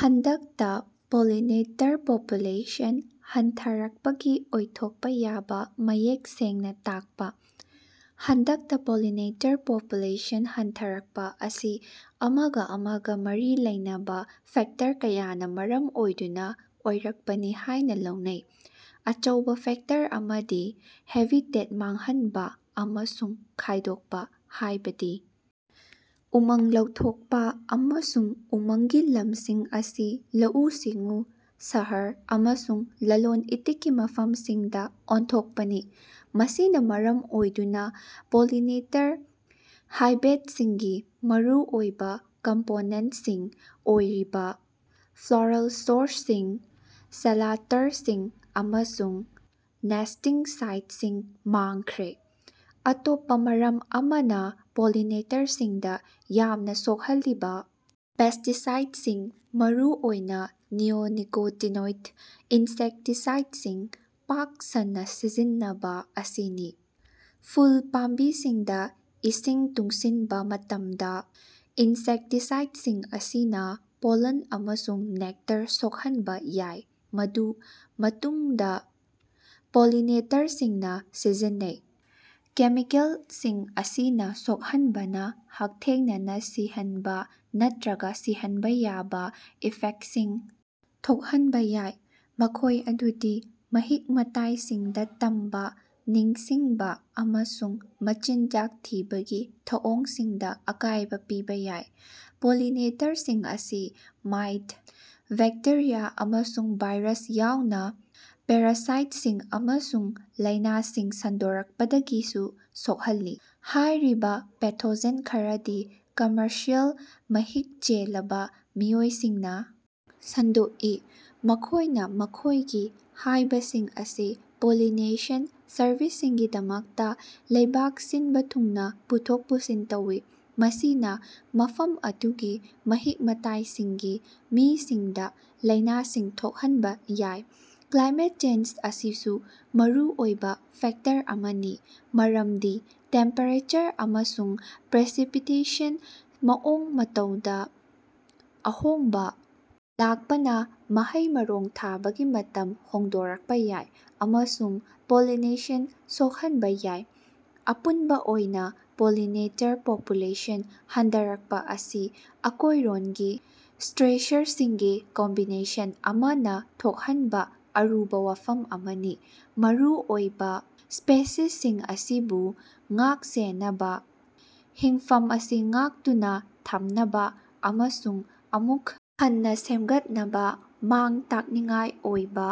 ꯍꯟꯗꯛꯇ pollinator population ꯍꯟꯊꯔꯛꯄꯒꯤ ꯑꯣꯏꯊꯣꯛꯄ ꯌꯥꯕ ꯃꯌꯦꯛ ꯁꯦꯡꯅ ꯇꯥꯛꯄ꯫ ꯍꯟꯗꯛꯇ ꯄꯣꯂꯤꯅꯦꯇꯔ ꯄꯣꯄꯨꯂꯦꯁꯟ ꯍꯟꯊꯔꯛꯄ ꯑꯁꯤ ꯑꯃꯒ ꯑꯃꯒ ꯃꯔꯤ ꯂꯩꯅꯕ ꯐꯦꯛꯇꯔ ꯀꯌꯥꯅ ꯃꯔꯝ ꯑꯣꯏꯗꯨꯅ ꯑꯣꯏꯔꯛꯄꯅꯤ ꯍꯥꯏꯅ ꯂꯧꯅꯩ꯫ ꯑꯆꯧꯕ ꯐꯦꯛꯇꯔ ꯑꯃꯗꯤ ꯍꯦꯕꯤꯇꯦꯠ ꯃꯥꯡꯍꯟꯕ ꯑꯃꯁꯨꯡ ꯈꯥꯏꯗꯣꯛꯄ, ꯍꯥꯢꯕꯗꯤ ꯎꯃꯪ ꯂꯧꯊꯣꯛꯄ ꯑꯃꯁꯨꯡ ꯎꯃꯪꯒꯤ ꯂꯝꯁꯤꯡ ꯑꯁꯤ ꯂꯧꯎ-ꯁꯤꯡꯎ, ꯁꯍꯔ ꯑꯃꯁꯨꯡ ꯂꯂꯣꯟ-ꯏꯇꯤꯛꯀꯤ ꯃꯐꯝꯁꯤꯡꯗ ꯑꯣꯟꯊꯣꯛꯄꯅꯤ꯫ ꯃꯁꯤꯅ ꯃꯔꯝ ꯑꯣꯏꯗꯨꯅ ꯄꯣꯂꯤꯅꯦꯇꯔ ꯍꯥꯏꯕꯦꯇꯁꯤꯡꯒꯤ ꯃꯔꯨꯑꯣꯏꯕ ꯀꯝꯄꯣꯅꯦꯟꯇꯁꯤꯡ ꯑꯣꯏꯔꯤꯕꯥ ꯐ꯭ꯂꯣꯔꯥꯜ ꯁꯣꯔꯁꯁꯤꯡ, ꯁꯦꯂꯇꯔꯁꯤꯡ ꯑꯃꯁꯨꯡ ꯅꯦꯁ꯭ꯇꯤꯡ ꯁꯥꯏꯠꯁꯤꯡ ꯃꯥꯡꯈ꯭ꯔꯦ꯫ ꯑꯇꯣꯞꯄ ꯃꯔꯝ ꯑꯃꯅ ꯄꯣꯂꯤꯅꯦꯇꯔꯁꯤꯡꯗ ꯌꯥꯝꯅ ꯁꯣꯛꯍꯜꯂꯤꯕ ꯄꯦꯁ꯭ꯇꯤꯁꯥꯏꯗꯁꯤꯡ, ꯃꯔꯨꯑꯣꯏꯅꯥ ꯅꯤꯑꯣꯅꯤꯀꯣꯇꯤꯅꯣꯏꯗ ꯏꯟꯁꯦꯛꯇꯤꯁꯥꯏꯗꯁꯤꯡ ꯄꯥꯛ ꯁꯟꯅ ꯁꯤꯖꯤꯟꯅꯕ ꯑꯁꯤꯅꯤ꯫ ꯐꯨꯜ ꯄꯥꯝꯕꯤꯁꯤꯡꯗ ꯏꯁꯤꯡ ꯇꯨꯡꯁꯤꯟꯕ ꯃꯇꯝꯗ ꯏꯅꯁꯦꯛꯇꯤꯁꯥꯏꯗꯁꯤꯡ ꯑꯁꯤꯅ ꯄꯣꯂꯟ ꯑꯃꯁꯨꯡ ꯅꯦꯛꯇꯔ ꯁꯣꯛꯍꯟꯕ ꯌꯥꯏ꯫ ꯃꯗꯨ ꯃꯇꯨꯡꯗ ꯄꯣꯂꯤꯅꯦꯇꯔꯁꯤꯡꯅ ꯁꯤꯖꯤꯟꯅꯩ꯫ ꯀꯦꯃꯤꯀꯦꯜꯁꯤꯡ ꯑꯁꯤꯅ ꯁꯣꯛꯍꯟꯕꯅ ꯍꯛꯊꯦꯡꯅꯅ ꯁꯤꯍꯟꯕ ꯅꯠꯇ꯭ꯔꯒ ꯁꯤꯍꯟꯕ ꯌꯥꯕ ꯏꯐꯦꯛꯇꯁꯤꯡ ꯊꯣꯛꯍꯟꯕ ꯌꯥꯏ꯫ ꯃꯈꯣꯏ ꯑꯗꯨꯗꯤ ꯃꯍꯤꯛ-ꯃꯇꯥꯏꯁꯤꯡꯗ ꯇꯝꯕ, ꯅꯤꯡꯁꯤꯡꯕ ꯑꯃꯁꯨꯡ ꯃꯆꯤꯟꯖꯥꯛ ꯊꯤꯕꯒꯤ ꯊꯧꯑꯣꯡꯁꯤꯡꯗ ꯑꯀꯥꯏꯕ ꯄꯤꯕ ꯌꯥꯏ꯫ ꯄꯣꯂꯤꯅꯦꯇ꯭ꯔꯁꯤꯡ ꯑꯁꯤ ꯃꯥꯏꯠ, ꯕꯦꯛꯇꯦꯔꯤꯌꯥ ꯑꯃꯁꯨꯡ ꯚꯥꯏꯔꯁ ꯌꯥꯎꯅ ꯄꯦꯔꯥꯁꯥꯏꯠꯁꯤꯡ ꯑꯃꯁꯨꯡ ꯂꯥꯏꯅꯥꯁꯤꯡ ꯁꯟꯗꯣꯔꯛꯄꯗꯒꯤꯁꯨ ꯁꯣꯛꯍꯜꯂꯤ꯫ ꯍꯥꯏꯔꯤꯕ ꯄꯦꯊꯣꯖꯦꯟ ꯈꯔꯗꯤ ꯀꯝꯃꯔꯁꯤꯑꯦꯜ ꯃꯍꯤꯛ ꯆꯦꯜꯂꯕ ꯃꯤꯑꯣꯏꯁꯤꯡꯅ ꯁꯟꯗꯣꯛꯏ꯫ ꯃꯈꯣꯏꯅ ꯃꯈꯣꯏꯒꯤ ꯍꯥꯏꯕꯁꯤꯡ ꯑꯁꯤ ꯄꯣꯂꯤꯅꯦꯁꯟ ꯁꯔꯚꯤꯁꯁꯤꯡꯒꯤꯗꯃꯛꯇ ꯂꯩꯕꯥꯛ ꯁꯤꯟꯕ ꯊꯨꯡꯅ ꯄꯨꯊꯣꯛ ꯄꯨꯁꯤꯟ ꯇꯧꯏ꯫ ꯃꯁꯤꯅ ꯃꯐꯝ ꯑꯗꯨꯒꯤ ꯃꯍꯤꯛ-ꯃꯇꯥꯏꯁꯤꯡꯒꯤ ꯃꯤꯁꯤꯡꯗ ꯂꯥꯏꯅꯥꯁꯤꯡ ꯊꯣꯛꯍꯟꯕ ꯌꯥꯏ꯫ ꯀ꯭ꯂꯥꯏꯃꯦꯠ ꯆꯦꯟꯖ ꯑꯁꯤꯁꯨ ꯃꯔꯨꯑꯣꯏꯕ ꯐꯦꯛꯇꯔ ꯑꯃꯅꯤ꯫ ꯃꯔꯝꯗꯤ ꯇꯦꯝꯄꯦꯔꯦꯆꯔ ꯑꯃꯁꯨꯡ ꯄ꯭ꯔꯦꯁꯤꯄꯤꯇꯦꯁꯟꯒꯤ ꯃꯑꯣꯡ-ꯃꯇꯧꯗ ꯑꯍꯣꯡꯕ ꯂꯥꯛꯄꯅ ꯃꯍꯩ-ꯃꯔꯣꯡ ꯊꯥꯕꯒꯤ ꯃꯇꯝ ꯍꯣꯡꯗꯣꯛꯄ ꯌꯥꯏ꯫ ꯑꯃꯁꯨꯡ ꯄꯣꯂꯤꯅꯦꯁꯟ ꯁꯣꯛꯍꯟꯕ ꯌꯥꯏ꯫ ꯑꯄꯨꯟꯕ ꯑꯣꯏꯅ ꯄꯣꯂꯤꯅꯦꯇꯔ ꯄꯣꯄꯨꯂꯦꯁꯟ ꯍꯟꯊꯔꯛꯄ ꯑꯁꯤ ꯑꯀꯣꯏꯔꯣꯟꯒꯤ ꯁ꯭ꯇꯔꯦꯁꯔꯁꯤꯡꯒꯤ ꯀꯝꯕꯤꯅꯦꯁꯟ ꯑꯃꯅ ꯊꯣꯛꯍꯟꯕ ꯑꯔꯨꯕ ꯋꯥꯐꯝ ꯑꯃꯅꯤ꯫ ꯃꯔꯨꯑꯣꯏꯕ ꯁ꯭ꯄꯤꯁꯤꯁꯁꯤꯡ ꯑꯁꯤꯕꯨ ꯉꯥꯛ-ꯁꯦꯟꯅꯕ, ꯍꯤꯡꯐꯃꯁꯤꯡ ꯉꯥꯛꯇꯨꯅ ꯊꯝꯅꯕ ꯑꯃꯁꯨꯡ ꯑꯃꯨꯛ ꯍꯟꯅ ꯁꯦꯃꯒꯠꯅꯕ, ꯃꯥꯡ-ꯇꯥꯛꯅꯤꯡꯉꯥꯏ ꯑꯣꯏꯕ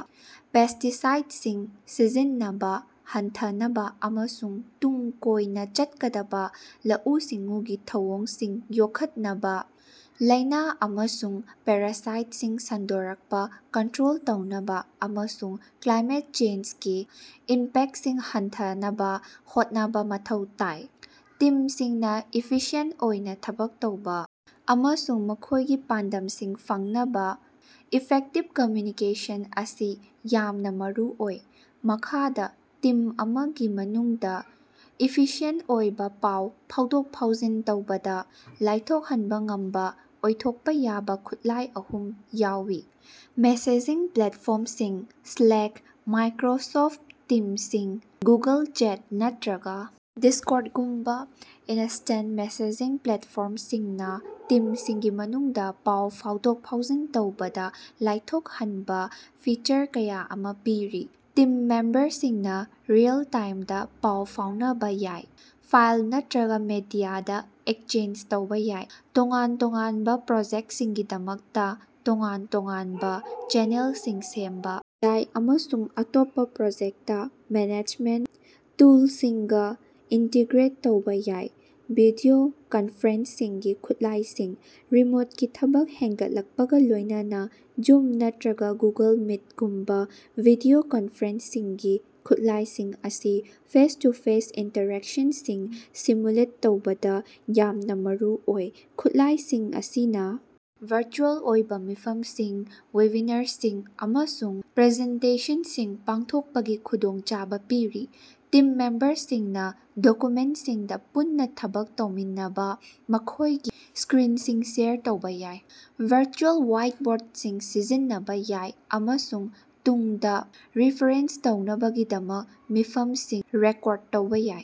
ꯄꯦꯁ꯭ꯇꯤꯁꯥꯏꯗꯁꯤꯡ ꯁꯤꯖꯤꯟꯅꯕ ꯍꯟꯊꯍꯟꯅꯕ ꯑꯃꯁꯨꯡ ꯇꯨꯡ ꯀꯣꯏꯅ ꯆꯠꯀꯗꯕ ꯂꯧꯎ-ꯁꯤꯡꯎꯒꯤ ꯊꯧꯑꯣꯡꯁꯤꯡ ꯌꯣꯛꯈꯠꯅꯕ, ꯂꯥꯌꯅꯥ ꯑꯃꯁꯨꯡ ꯄꯦꯔꯥꯁꯥꯏꯠꯁꯤꯡ ꯁꯟꯗꯣꯀꯄꯥ ꯀꯟꯠꯔꯣꯜ ꯇꯧꯅꯕ, ꯑꯃꯁꯨꯡ ꯀ꯭ꯂꯥꯏꯃꯦꯠ ꯆꯦꯟꯖꯒꯤ ꯏꯝꯄꯦꯛꯇꯁꯤꯡ ꯍꯟꯊꯍꯟꯅꯕ ꯍꯣꯠꯅꯕ ꯃꯊꯧ ꯇꯥꯏ꯫ ꯇꯤꯝꯁꯤꯡꯅ ꯏꯐꯤꯁꯤꯌꯦꯟꯇ ꯑꯣꯏꯅ ꯊꯕꯛ ꯇꯧꯕ ꯑꯃꯁꯨꯡ ꯃꯈꯣꯏꯒꯤ ꯄꯥꯟꯗꯝꯁꯤꯡ ꯐꯪꯅꯕ ꯏꯐꯦꯛꯇꯤꯕ ꯀꯝꯝꯌꯨꯅꯤꯀꯦꯁꯟ ꯑꯁꯤ ꯌꯥꯝꯅ ꯃꯔꯨꯑꯣꯏ꯫ ꯃꯈꯥꯗ ꯇꯤꯝ ꯑꯃꯒꯤ ꯃꯅꯨꯡꯗ ꯏꯐꯤꯁꯤꯑꯦꯟꯇ ꯑꯣꯏꯕ ꯄꯥꯎ ꯐꯥꯎꯗꯣꯛ-ꯐꯥꯎꯖꯤꯟ ꯇꯧꯕꯗ ꯂꯥꯏꯊꯣꯛꯍꯟꯕ ꯉꯝꯕ ꯑꯣꯏꯊꯣꯛꯄ ꯌꯥꯕ ꯈꯨꯠꯂꯥꯏ ꯑꯍꯨꯝ ꯌꯥꯎꯏ: ꯃꯦꯁꯦꯖꯤꯡ ꯄ꯭ꯂꯦꯇꯐꯣꯔꯃꯁꯤꯡ: ꯁ꯭ꯂꯦꯛ, ꯃꯥꯏꯀ꯭ꯔꯣꯁꯣꯐꯠ ꯇꯤꯝꯁꯤꯡ, ꯒꯨꯒꯜ ꯆꯦꯠ, ꯅꯠꯇ꯭ꯔꯒ ꯗꯤꯁ꯭ꯀꯣꯔꯗꯒꯨꯝꯕ ꯏꯅꯁ꯭ꯇꯦꯟꯇ ꯃꯦꯁꯦꯖꯤꯡ ꯄ꯭ꯂꯦꯇꯐꯣꯔꯃꯁꯤꯡꯅ ꯇꯤꯝꯁꯤꯡꯒꯤ ꯃꯅꯨꯡꯗ ꯄꯥꯎ ꯐꯥꯎꯗꯣꯛ-ꯐꯥꯎꯖꯤꯟ ꯇꯧꯕꯗ ꯂꯥꯏꯊꯣꯛꯍꯟꯅꯕ ꯐꯤꯆꯔ ꯀꯌꯥ ꯑꯃ ꯄꯤꯔꯤ꯫ ꯇꯤꯝ ꯃꯦꯝꯕꯔꯁꯤꯡꯅ ꯔꯤꯑꯦꯜ-ꯇꯥꯏꯝꯗ ꯄꯥꯎ ꯐꯥꯎꯅꯕ ꯌꯥꯏ꯫ ꯐꯥꯏꯜ ꯅꯠꯇ꯭ꯔꯒ ꯃꯦꯗꯤꯌꯥꯗ ꯑꯦꯛꯁꯆꯦꯟꯖ ꯇꯧꯕ ꯌꯥꯏ꯫ ꯇꯣꯉꯥꯟ ꯇꯣꯉꯥꯟꯕ ꯄ꯭ꯔꯣꯖꯦꯛꯇꯁꯤꯡꯒꯤꯗꯃꯛꯇ ꯇꯣꯉꯥꯟ ꯇꯣꯉꯥꯟꯕ ꯆꯦꯅꯦꯜꯁꯤꯡ ꯁꯦꯝꯕ ꯌꯥꯏ꯫ ꯑꯃꯁꯨꯡ ꯑꯇꯣꯞꯄ ꯄ꯭ꯔꯣꯖꯦꯛꯇ ꯃꯦꯅꯦꯖꯃꯦꯟꯇ ꯇꯨꯂꯁꯤꯡꯒ ꯏꯟꯇꯤꯒ꯭ꯔꯦꯠ ꯇꯧꯕ ꯌꯥꯏ꯫ ꯚꯤꯗꯤꯑꯣ ꯀꯅꯐꯔꯦꯟꯁꯤꯡꯒꯤ ꯈꯨꯠꯂꯥꯢꯁꯤꯡ: ꯔꯤꯃꯣꯠꯀꯤ ꯊꯕꯛ ꯍꯦꯅꯒꯠꯂꯛꯄꯒ ꯂꯣꯏꯅꯅ ꯖꯨꯝ ꯅꯠꯇ꯭ꯔꯒ ꯒꯨꯒꯜ ꯃꯤꯇꯒꯨꯝꯕ ꯚꯤꯗꯤꯑꯣ ꯀꯅꯐꯔꯦꯟꯁꯤꯡꯒꯤ ꯈꯨꯠꯂꯥꯏꯁꯤꯡ ꯑꯁꯤ ꯐꯦꯁ-ꯇꯨ-ꯐꯦꯁ ꯏꯟꯇꯔꯦꯛꯁꯅꯁꯤꯡ ꯁꯤꯃꯨꯂꯦꯠ ꯇꯧꯕꯗ ꯌꯥꯝꯅ ꯃꯔꯨ ꯑꯣꯏꯔꯦ꯫ ꯈꯨꯠꯂꯥꯏꯁꯤꯡ ꯑꯁꯤꯅ ꯚꯔꯆꯨꯑꯦꯜ ꯑꯣꯏꯕ ꯃꯤꯐꯝꯁꯤꯡ, ꯋꯦꯕꯤꯅꯥꯔꯁꯤꯡ, ꯑꯃꯁꯨꯡ ꯄ꯭ꯔꯖꯦꯟꯇꯦꯁꯟꯁꯤꯡ ꯄꯥꯡꯊꯣꯛꯄꯒꯤ ꯈꯨꯗꯣꯡꯆꯥꯕ ꯄꯤꯔꯤ꯫ ꯇꯤꯝ ꯃꯦꯝꯕꯔꯁꯤꯡꯅ ꯗꯣꯀꯨꯃꯦꯟꯇꯁꯤꯡꯗ ꯄꯨꯟꯅ ꯊꯕꯛ ꯇꯧꯃꯤꯟꯅꯅꯕ ꯃꯈꯣꯏꯒꯤ ꯁ꯭ꯀꯔꯤꯅꯁꯤꯡ ꯁꯦꯌꯔ ꯇꯧꯕꯥ ꯌꯥꯏ꯫ ꯚꯔꯆꯨꯑꯦꯜ ꯋꯥꯏꯠꯕꯣꯔꯗꯁꯤꯡ ꯁꯤꯖꯤꯟꯅꯕ ꯌꯥꯏ ꯑꯃꯁꯨꯡ ꯇꯨꯡꯗ ꯔꯤꯐꯔꯦꯟꯁ ꯇꯧꯅꯕꯒꯤꯗꯃꯛ ꯃꯤꯐꯝꯁꯤꯡ ꯔꯦꯀꯣꯔꯗ ꯇꯧꯕ ꯌꯥꯏ꯫